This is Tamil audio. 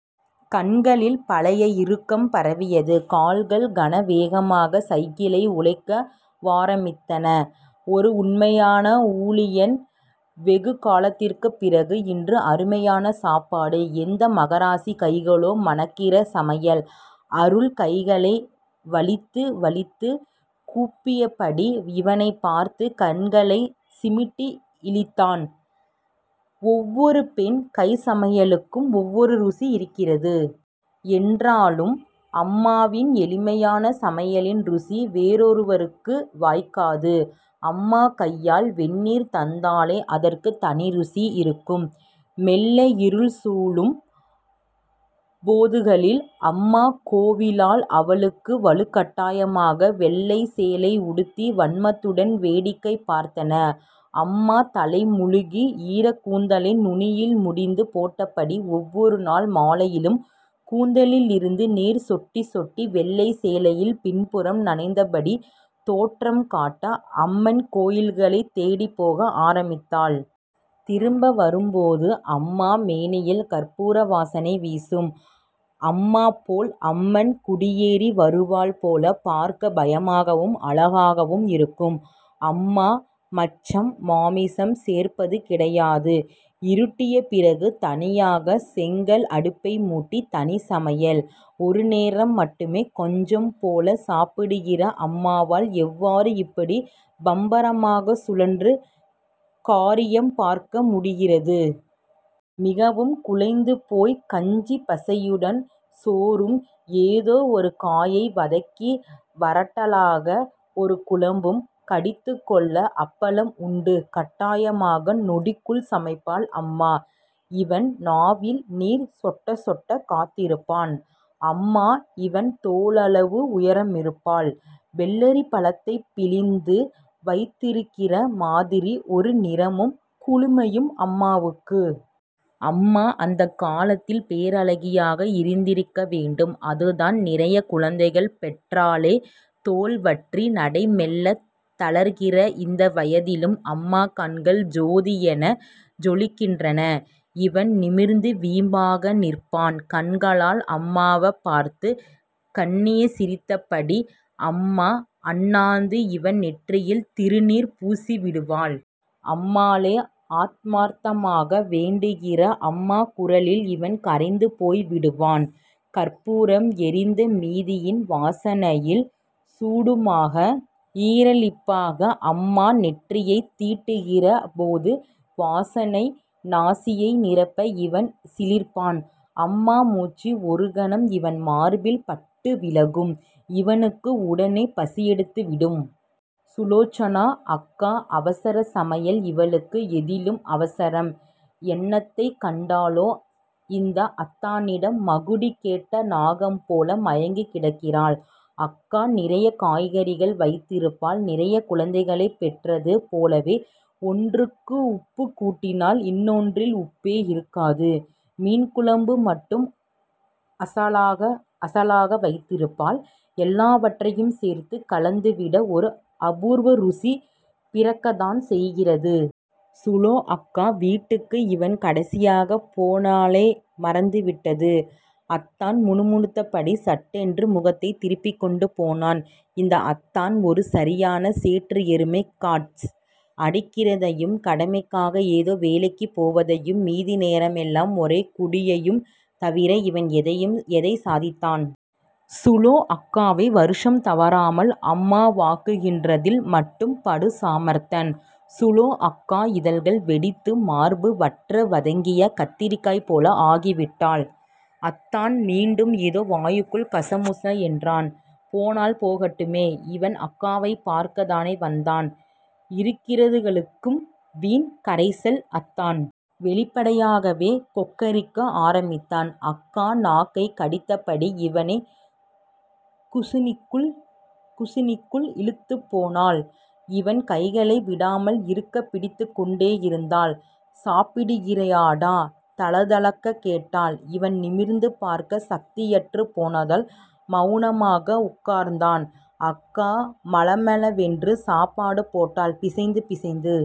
கண்களில் பழைய இறுக்கம் பரவியது. கால்கள் கனவேகமா சைக்கிளை உழக்க வாரம்பித்தன. ஒரு உண்மையான ஊழியன் வெகு காலத்திற்குப்பிறகு, இன்று அருமையான சாப்பாடு. எந்த மகராசி கைகளோ மணக்கிற சமையல். அருள் கைகளை வழித்து வழித்துச் சூப்பியபடி இவனைப் பார்த்து கண்களைச் சிமிட்டி இளித்தான். ஒவ்வொரு பெண் கைச்சமையலுக்கும் ஒவ்வொரு ருசி இருக்கிறது. என்றாலும் அம்மாவின் எளிமையான சமையலின் ருசி வேறெவருக்கும் வாய்க்காது. அம்மா கையால் வெந்நீர் தந்தாலே அதற்குத் தனி ருசி இருக்கும். மெல்ல இருள் சூழும் போதுகளில் அம்மா கோவிலால் அவளுக்கு வலுக்கட்டாயமாக வெள்ளைச்சேலை உடுத்தி வன்மத்துடன் வேடிக்கை பார்த்தன. அம்மா தலை முழுகி ஈரக்கூந்தலை நுனியில் முடிந்து போட்டபடி ஒவ்வொரு நாள் மாலையிலும் கூந்தலிலிருந்து நீர் சொட்டிச் சொட்டி வெள்ளைச்சேலையின் பின்புறம் நனைந்தபடி தோற்றம்காட்ட, அம்மன் கோயில்களைத் தேடிப்போக ஆரம்பித்தாள். திரும்பவரும்போது அம்மா மேனியில் கற்பூர வாசனை வீசும். அம்மா போல் அம்மன் குடியேறி வருவாள் போல பார்க்க பயமாகவும் அழகாகவும் இருக்கும். அம்மா மச்சம் மாமிசம் சேர்ப்பது கிடையாது. இருட்டிய பிறகு தனியாக செங்கல் அடுப்பைமூட்டி தனிச் சமையல். ஒரு நேரம் மட்டுமே கொஞ்சம் போலச் சாப்பிடுகிற அம்மாவால் எவ்வாறு இப்படி பம்பரமாகச் சுழன்று காரியம் பார்க்கமுடிகிறது! மிகவும் குழைந்து போய்க் கஞ்சிப் பசையுடன் சோறும் ஏதோ ஒரு காயை வதக்கி வறட்டலாக ஒரு குழம்பும், கடித்துக்கொள்ள அப்பளம் உண்டு கட்டாயமாக. நொடிக்குள் சமைப்பாள் அம்மா. இவன் நாவில் நீர் சொட்டச்சொட்ட காத்திருப்பான். அம்மா இவன் தோளளவு உயரமிருப்பாள். வெள்ளரிப்பழத்தைப் பிளந்து வைத்திருக்கிற மாதிரி ஒரு நிறமும் குளுமையும் அம்மாவுக்கு. அம்மா அந்தக்காலத்தில் பேரழகியாக இருந்திருக்க வேண்டும். அதுதான் நிறையக் குழந்தைகள் பெற்றாளோ தோல்வற்றி நடை மெல்லத் தளர்கிற இந்த வயதிலும் அம்மா கண்கள் ஜோதியென ஜொலிக்கின்றன. இவன் நிமிர்ந்து வீம்பாக நிற்பான் கண்களால் அம்மாவப் பார்த்து கனியச் சிரித்தபடி. அம்மா அண்ணாந்து இவன் நெற்றியில் திருநீறு பூசிவிடுவாள். அம்மாளே ஆத்மார்த்தமாக வேண்டுகிற அம்மா குரலில் இவன் கரைந்து போய் விடுவான். கற்பூரம் எரிந்த மீதியின் வாசனையும் சூடுமாக ஈரலிப்பாக அம்மா நெற்றியைத் தீண்டுகிற போது வாசனை நாசியை நிரப்ப இவன் சிலிர்ப்பான். அம்மா மூச்சு ஒருகணம் இவன் மார்பில் பட்டுவிலகும். இவனுக்கு உடனே பசியெடுத்துவிடும். சுலோசனா அக்கா அவசரச் சமையல் இவளுக்கு எதிலும் அவசரம் என்னத்தைக் கண்டாளோ இந்த அத்தானிடம். மகுடி கேட்ட நாகம்போல மயங்கிக் கிடக்கிறாள். அக்கா நிறையக்கறிகள். வைத்திருப்பாள் நிறையக் குழந்தைகளைப் பெற்றது போலவே, ஒன்றுக்கு உப்புக்கூடினால் இன்னொன்றில் உப்பே இருக்காது. மீன்குழம்பு மட்டும் அசலாக வைத்திருப்பாள். எல்லாவற்றையும் சேர்த்துக் கலந்துவிட ஒரு அபூர்வ ருசி பிறக்கத்தான் செய்கிறது. சுலோ அக்கா வீட்டுக்கு இவன் கடைசியாகப் போனநாளே மறந்துவிட்டது. அத்தான் முணுமுணுத்தபடி சட்டென்று முகத்தைத் திருப்பிக்கொண்டு போனான். இந்த அத்தான் ஒரு சரியான சேற்று எருமை காட்ஸ் அடிக்கிறதையும், கடமைக்காக ஏதோ வேலைக்குப் போவதையும் மீதி நேரமெல்லாம் ஒரே குடியையும் தவிர இவன் எதைத் சாதித்தான்? சுலோ அக்காவை வருஷம் தவறாமல் அம்மாவாக்குகிறதில் மட்டும் படுசமர்த்தன். சுலோ அக்கா இதழ்கள் வெடித்து மார்பு வற்ற வதங்கிய கத்தரிக்காய் போல ஆகிவிட்டாள். அத்தான் மீண்டும் ஏதோ வாய்க்குள் கசமுச என்றான். போனால் போகட்டுமே! இவன் அக்காவைப் பார்க்கத் தானே வந்தான். இருக்கிறதுகளுக்கும் வீண் கரைச்சல். அத்தான் வெளிப்படையாகவே கொக்கரிக்க ஆரம்பித்தான். அக்கா நாக்கை கடித்தபடி இவனைக் குசினிக்குள் இழுத்துப் போனாள் இவன் கைகளை விடாமல் இறுகப் பிடித்துக் கொண்டேயிருந்தாள். சாப்பிடுகிறியடா தளதளக்க கேட்டாள். இவன் நிமிர்ந்து பார்க்க சக்தியற்றுப் போனதால் மெளனமாக உட்கார்ந்தான். அக்கா மளமளவென்று சாப்பாடு போட்டாள். பிசைந்து பிசைந்து